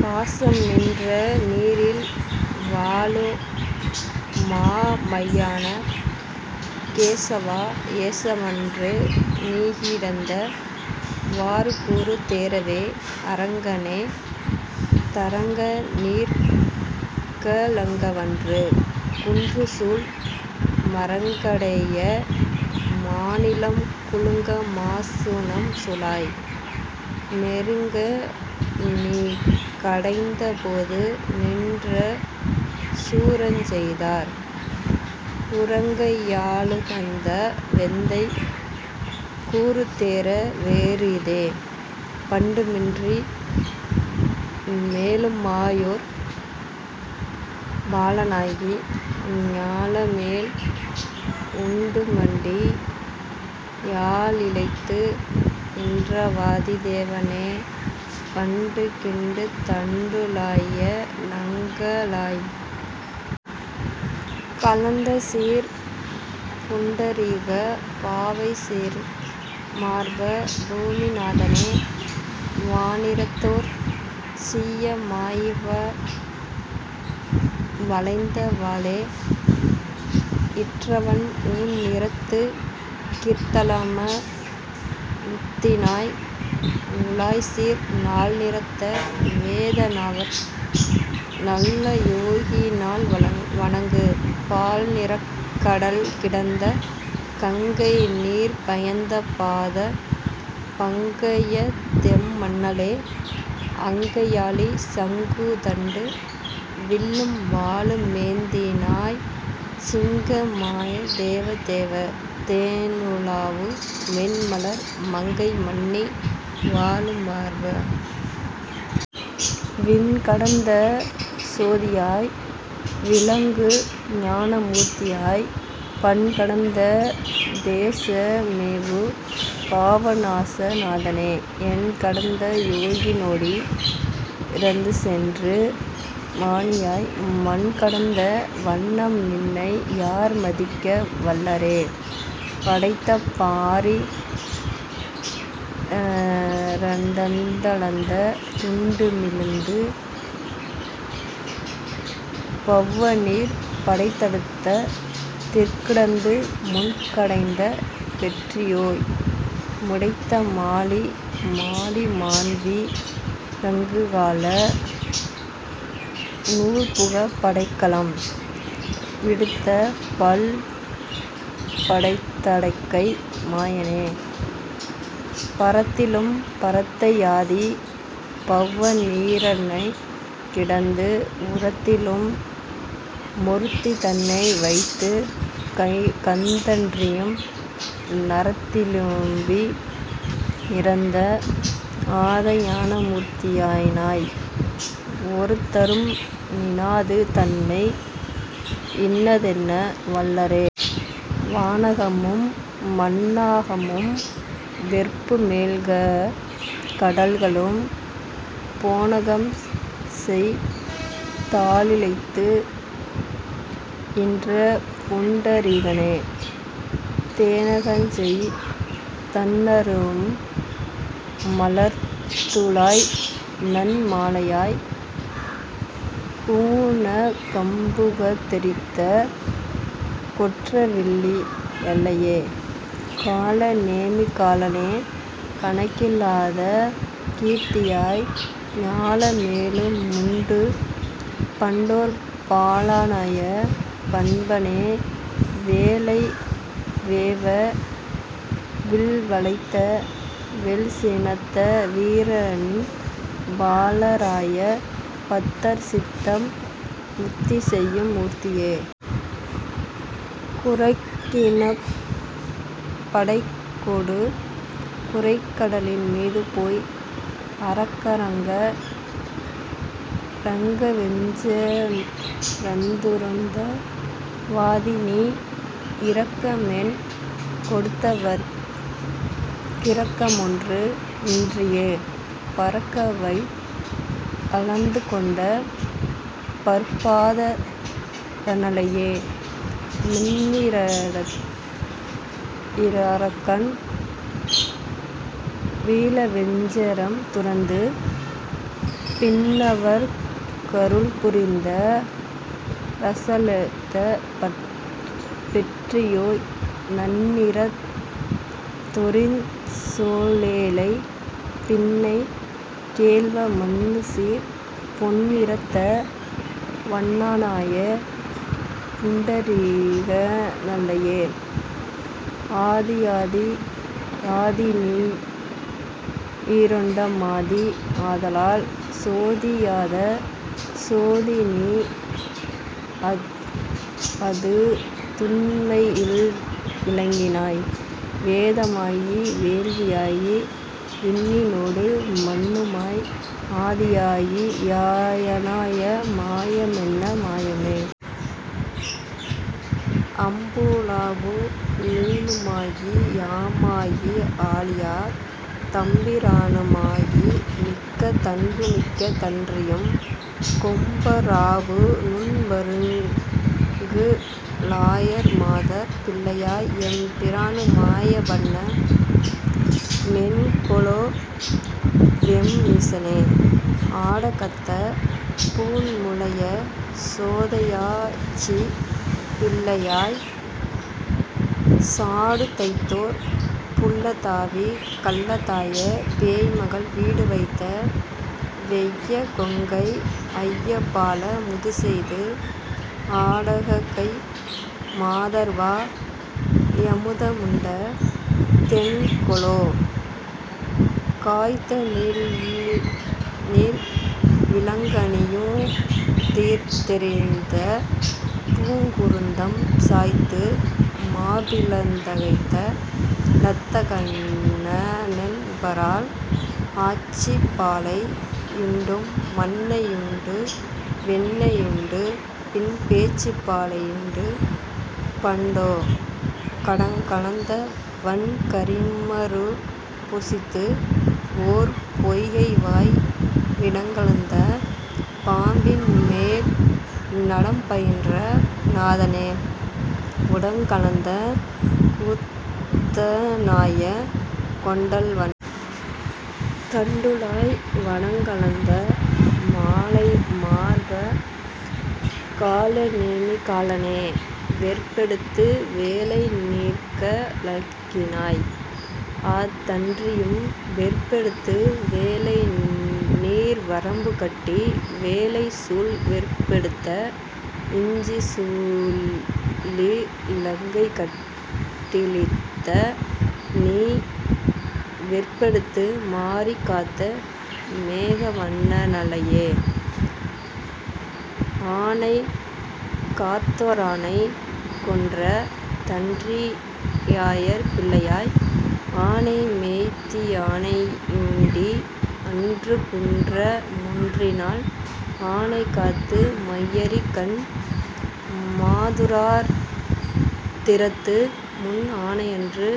பாசம்நின்ற நீரில்வாழு மாமையான கேசவா, ஏசவன்று நீகிடந்த வாறுகூறு தேறவே. அரங்கனே. த ரங்கநீர்க லங்கவன்று குன்றுசூழ், மரங்கடேய மாநிலம்கு லுங்கமாசு ணம்சுலாய், நெருங்கநீ கடைந்தபோது நின்றசூர ஞ்செய்தார், குரங்கையா ளுகந்தவெந்தை. கூறுதேற வேறிதே. பண்டுமின்று மேலுமாயொர் பாலனாகி ஞாலமேழ், உண்டுமண்டி யாலிலைத்து யின்றவாதி தேவனே, வண்டுகிண்டு தண்டுழாய லங்கலாய். க லந்தசீர்ப், புண்டரீக பாவைசேரு மார்ப. பூமி நாதனே. வானிறத்தொர் சீயமாய்வ ளைந்தவாளெ யிற்றவன், ஊன்நிறத்து கிர்த்தலம ழுத்தினாய். உ லாயசீர், நால்நிறத்த வேதநாவர் நல்லயோகி னால்வணங்கு, பால்நிறக்க டல்கிடந்த கங்கைநீர்ப யந்தபாத பங்கயத்தெம் மண்ணலே, அங்கையாழி சங்குதண்டு வில்லும்வாளு மேந்தினாய், சிங்கமாய தேவதேவ. தேனுலாவு மென்மலர், மங்கைமன்னி வாழுமார்ப. விண்கடந்த சோதியாய்வி ளங்குஞான மூர்த்தியாய், பண்கடந்த தேசமேவு பாவநாச நாதனே, எண்கடந்த யோகினோடி ரந்துசென்று மாணியாய், மண்கடந்த வண்ணம்நின்னை யார்மதிக்க வல்லரே? படைத்தபாரி டந்தளந்த துண்டுமிழ்ந்து பௌவநீர், படைத்தடைத்த திற்கிடந்து முன்கடைந்த பெற்றியோய், மிடைத்தமாலி மாலிமான்வி லங்குகால னூர்புக, படைக்கலம் விடுத்தபல்ப டைத்தடக்கை மாயனே. பரத்திலும்ப ரத்தையாதி பௌவநீர ணைக்கிடந்து, உரத்திலும்மொ ருத்திதன்னை வைத்துகந் தன்றியும், நரத்திலும்பி றத்திநாத ஞானமூர்த்தி யாயினாய், ஒருத்தரும்நி னாதுதன்மை யின்னதென்ன வல்லரே. வானகம்மும் மண்ணாகம்மும் வெற்புமேழ்க டல்களும், போனகம்செய் தாலிலைத்து யின்றபுண்ட ரீகனே, தேனகஞ்செய் தண்ணறும்ம லர்த்துழாய்நன் மாலையாய், கூனகம்பு கத்தெறித்த கொற்றவில்லி யல்லையே? காலநேமி காலனே. கணக்கிலாத கீர்த்தியாய், ஞாலமேழு முண்டுபண்டோ ர் பாலனய பண்பனே, வேலைவேவ வில்வளைத்த வெல்சினத்த வீர, நின் பாலராய பத்தர்சித்தம் முத்திசெய்யும் மூர்த்தியே. குரக்கினப்ப டைகொடுகு ரைகடலின் மீதுபோய் அரக்கரங்க ரங்கவெஞ்ச ரந்துரந்த வாதிநீ, இரக்கமண்கொ டுத்தவற்கி ரக்கமொன்று மின்றியே, பரக்கவைத்த ளந்துகொண்ட பற்பாத னல்லையே? மின்னிறத்தெ யிற்றரக்கன் வீழவெஞ்ச ரம்துரந்து, பின்னவற்க ருள்புரிந்த ரசளித்த பெற்றியோய், நன்னிறத்தொ ரிஞ்சொலேழை பின்னைகேள்வ. மன்னுசீர், பொன்னிறத்த வண்ணானாய புண்டரீக னல்லையே? ஆதியாதி யாதிநீயொ ரண்டமாதி யாதலால், சோதியாத சோதிநீஅ துண்மையில்வி ளங்கினாய், வேதமாகி வேள்வியாகி விண்ணினோடு மண்ணுமாய் ஆதியாகி யாயனாய மாயமென்ன மாயமே? அம்புலாவு மீனுமாகி யாமாகி ஆழியார், தம்பிரானு மாகிமிக்க தன்புமிக்க தன்றியும் கொம்பராவு நுண்மருங்கு லாயர்மாதர் பிள்ளையாய் எம்பிரானு மாயவண்ண மென்கொலோவெம் மீசனே. ஆடகத்த பூண்முலைய சோதையாய்ச்சி பிள்ளையாய் சாடுதைத்தோர் புள்ளதாவி கள்ளதாய பேய்மகள் வீடுவைத்த வெய்யகொங்கை ஐயபால முதுசெய்து, ஆடகக்கை மாதர்வா யமுதமுண்ட தென்கொலோ? காய்த்தநீள்வி ளங்கனியு திர்த்தெதிர்ந்த பூங்குருந்தம் சாய்த்து, மாபி ளந்தகைத்த லத்தகண்ண னென்பரால் ஆய்ச்சிபாலை யுண்டுமண்ணை யுண்டுவெண்ணெ யுண்டு, பின் பேய்ச்சிபாலை யுண்டுபண்டொ கடங்கலந்த வன்கரிம ருப்பொசித்துஓர் பொய்கைவாய், விடங்கலந்த பாம்பின்மேல்ந டம்பயின்ற நாதனே குடங்கலந்த கூத்தனாய கொண்டல்வண்ண. தண்டுழாய், வடங்கலந்த மாலைமார்ப. காலநேமி காலனே. வெற்பெடுத்து வேலைநீர்க லக்கினாய்அ தன்றியும், வெற்பெடுத்து வேலைநீர்வ ரம்புகட்டி வேலைசூழ், வெற்பெடுத்த இஞ்சிசூழி லங்கைகட்ட ழித்தநீ வெற்பெடுத்து மாரிகாத்த மேகவண்ண னல்லையே. ஆனைகாத்தொ ரானைகொன்ற தன்றியாயர் பிள்ளையாய், ஆனைமேய்த்தி யானெயுண்டி அன்றுகுன்ற மொன்றினால், ஆனைகாத்து மையரிக்கண் மாதரார்தி றத்து, முன் ஆனையன்று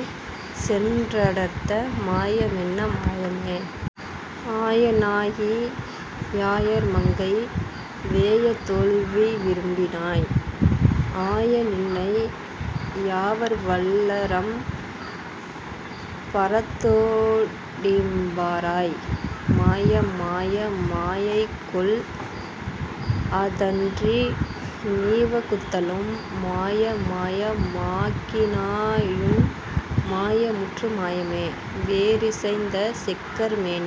சென்றடர்த்த மாயமென்ன மாயமே? ஆயனாகி யாயர்மங்கை வேயதோள்வி ரும்பினாய், ஆய. நின்னை யாவர்வல்ல ரம்பரத்தொ டிம்பராய், மாய. மாய மாயைகொல்அ தன்றிநீவ குத்தலும், மாயமாய மாக்கினாயுன் மாயமுற்று மாயமே. வேறிசைந்த செக்கர்மேனி